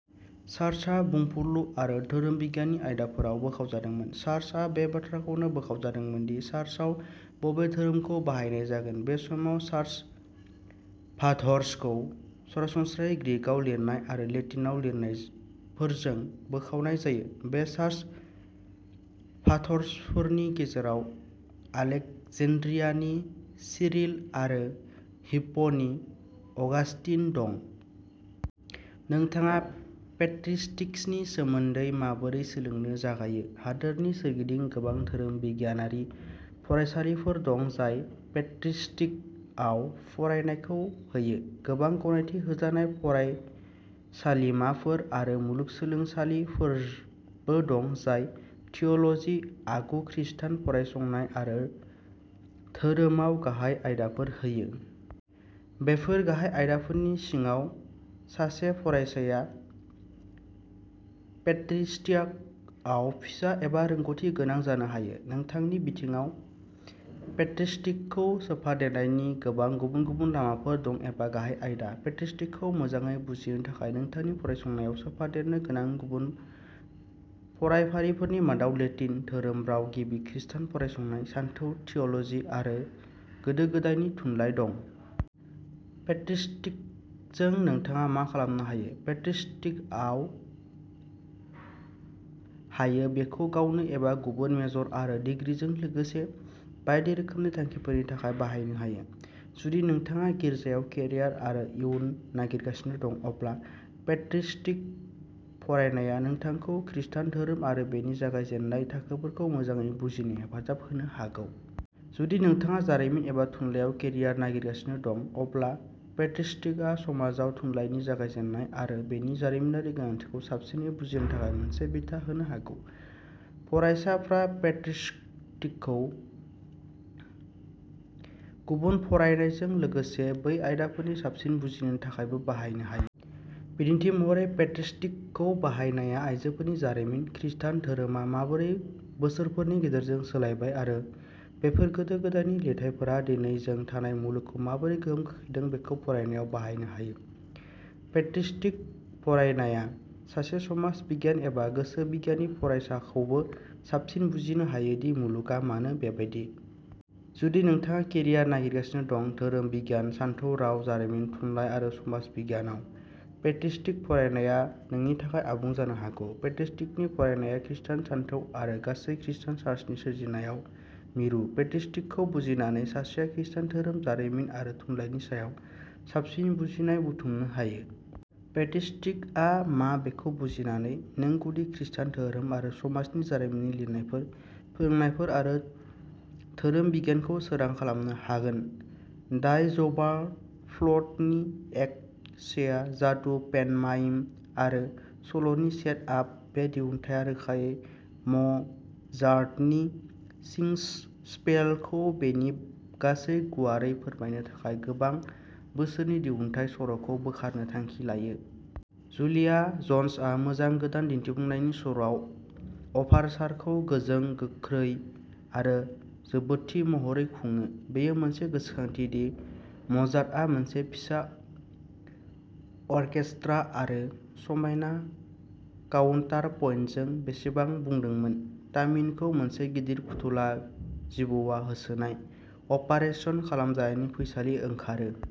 चार्चआ बुंफुरलु आरो धोरोम बिगियाननि आयदाफोराव बोखावजादोंमोन। चार्चआ बे बाथ्राखौबो बोखावजादोंमोन दि चार्चआव बबे धोरोमफोरखौ बाहायनाय जागोन। बे समाव चार्च फाधर्सखौ सरासनस्रायै ग्रीकआव लिरनाय आरो लेटिनआव लिरनायफोरजों बोखावनाय जायो। बे चार्च फाधर्सफोरनि गेजेराव आलेक्जेन्ड्रियानि सिरिल आरो हिप्प'नि अगास्टिन दं। नोंथाङा पेट्रिस्टिक्सनि सोमोन्दै माबोरै सोलोंनो जागायो? हादोरनि सोरगिदिं गोबां धोरोम बिगियानारि फरायसालिफोर दं जाय पेट्रिस्टिक्सआव फरायनायखौ होयो। गोबां गनायथि होजानाय फरायसालिमाफोर आरो मुलुग सोलोंसालिफोरबो दं जाय थिय'ल'जि, आगु खृस्टान फरायसंनाय आरो धोरोमाव गाहाय आयदाफोर होयो। बेफोर गाहाय आयदाफोरनि सिङाव, सासे फरायसाया पेट्रिस्टिक्सआव फिसा एबा रोंग'थि गोनां जानो हायो। नोंथांनि बिथिङाव पेट्रिस्टिक्सखौ सोफादेरनायनि गोबां गुबुन गुबुन लामाफोर दं एबा गाहाय आयदा। पेट्रिस्टिक्सखौ मोजाङै बुजिनो थाखाय नोंथांनि फरायसंनायाव सोफादेरनो गोनां गुबुन फरायफारिफोरनि मादाव लेटिन, धोरोम, राव, गिबि खृस्टान फरायसंनाय, सानथौ, थिय'ल'जि आरो गोदो गोदायनि थुनलाइ दं। पेट्रिस्टिक्सजों नोंथाङा मा खालामनो हायो? पेट्रिस्टिक्सआ हायो। बेखौ गावनो एबा गुबुन मेजर आरो डिग्रीजों लोगोसे बायदि रोखोमनि थांखिफोरनि थाखाय बाहायनो हायो। जुदि नोंथाङा गिर्जायाव केरियार आरो इयुन नागिरगासिनो दं, अब्ला पेट्रिस्टिक्स फरायनाया नोंथांखौ खृस्टान धोरोम आरो बेनि जागायजेन्नाय थाखोफोरखौ मोजाङै बुजिनो हेफाजाब होनो हागौ। जुदि नोंथाङा जारिमिन एबा थुनलाइयाव केरियार नागिरगासिनो दं, अब्ला पेट्रिस्टिक्सआ समाजाव थुनलाइनि जागायजेन्नाय आरो बेनि जारिमिनारि गोनांथिखौ साबसिनै बुजिनो थाखाय मोनसे बिथा होनो हागौ। फरायसाफ्रा पेट्रिस्टिक्सखौ गुबुन फरायनायजों लोगोसे बै आयदाफोरनि साबसिन बुजिनो थाखायबो बाहायनो हायो। बिदिन्थि महरै, पेट्रिस्टिक्सखौ बाहायनाया आइजोफोरनि जारिमिन, खृष्टान धोरोमा माबोरै बोसोरफोरनि गेजेरजों सोलायबाय आरो बेफोर गोदो गोदायनि लिरथाइफोरा दिनै जों थानाय मुलुगखौ माबोरै गोहोम खोख्लैदों बेखौ फरायनायाव बाहायनो हायो। पेट्रिस्टिक्स फरायनाया सासे समाज बिगियान एबा गोसो बिगियाननि फरायसाखौबो साबसिन बुजिनो हायो दि मुलुगआ मानो बेबायदि। जुदि नोंथाङा केरियार नागिरगासिनो दं। धोरोम बिगियान, सानथौ, राव, जारिमिन, थुनलाइ आरो समाज बिगियानाव, पेट्रिस्टिक्स फरायनाया नोंनि थाखाय आबुं जानो हागौ। पेट्रिस्टिक्सनि फरायनाया खृस्टान सानथौ आरो गासै खृस्टान चार्चनि सोरजिनायाव मिरु। पेट्रिस्टिक्सखौ बुजिनानै, सासेया खृस्टान धोरोम, जारिमिन आरो थुनलाइनि सायाव साबसिन बुजिनाय बुथुमनो हायो। पेट्रिस्टिक्सआ मा बेखौ बुजिनानै, नों गुदि खृस्टान धोरोम आरो समाजनि जारिमिननि लिरनायफोर, फोरोंनायफोर आरो धोरोम बिगियानखौ सोरां खालामनो हागोन। डाइ जौबारफ्ल'टनि एक्ट सेआ जादु, पेन्टमाइम आरो सल'नि सेट आप। बे दिहुनथाया रोखायै म'जार्टनि सिंगस्पेलखौ बेनि गासै गुवारै फोरमायनो थाखाय गोबां बोसोरनि दिहुनथाइ सर'खौ बोखारनो थांखि लायो। जुलिया ज'न्सआ मोजां गोदान दिन्थिफुंनायनि सर'आव अभारचारखौ गोजों, गोख्रै आरो जोबोदथि महरै खुङो। बेयो मोनसे गोसोखांथि दि म'जार्टआ मोनसे फिसा अर्केस्ट्रा आरो समायना काउन्टार पइन्टजों बेसेबां बुंदोंमोन। तामिनखौ मोनसे गिदिर फुथुला जिबौआ होसोनाय, अपारेसन खालामजानायनि फैसालि ओंखारो।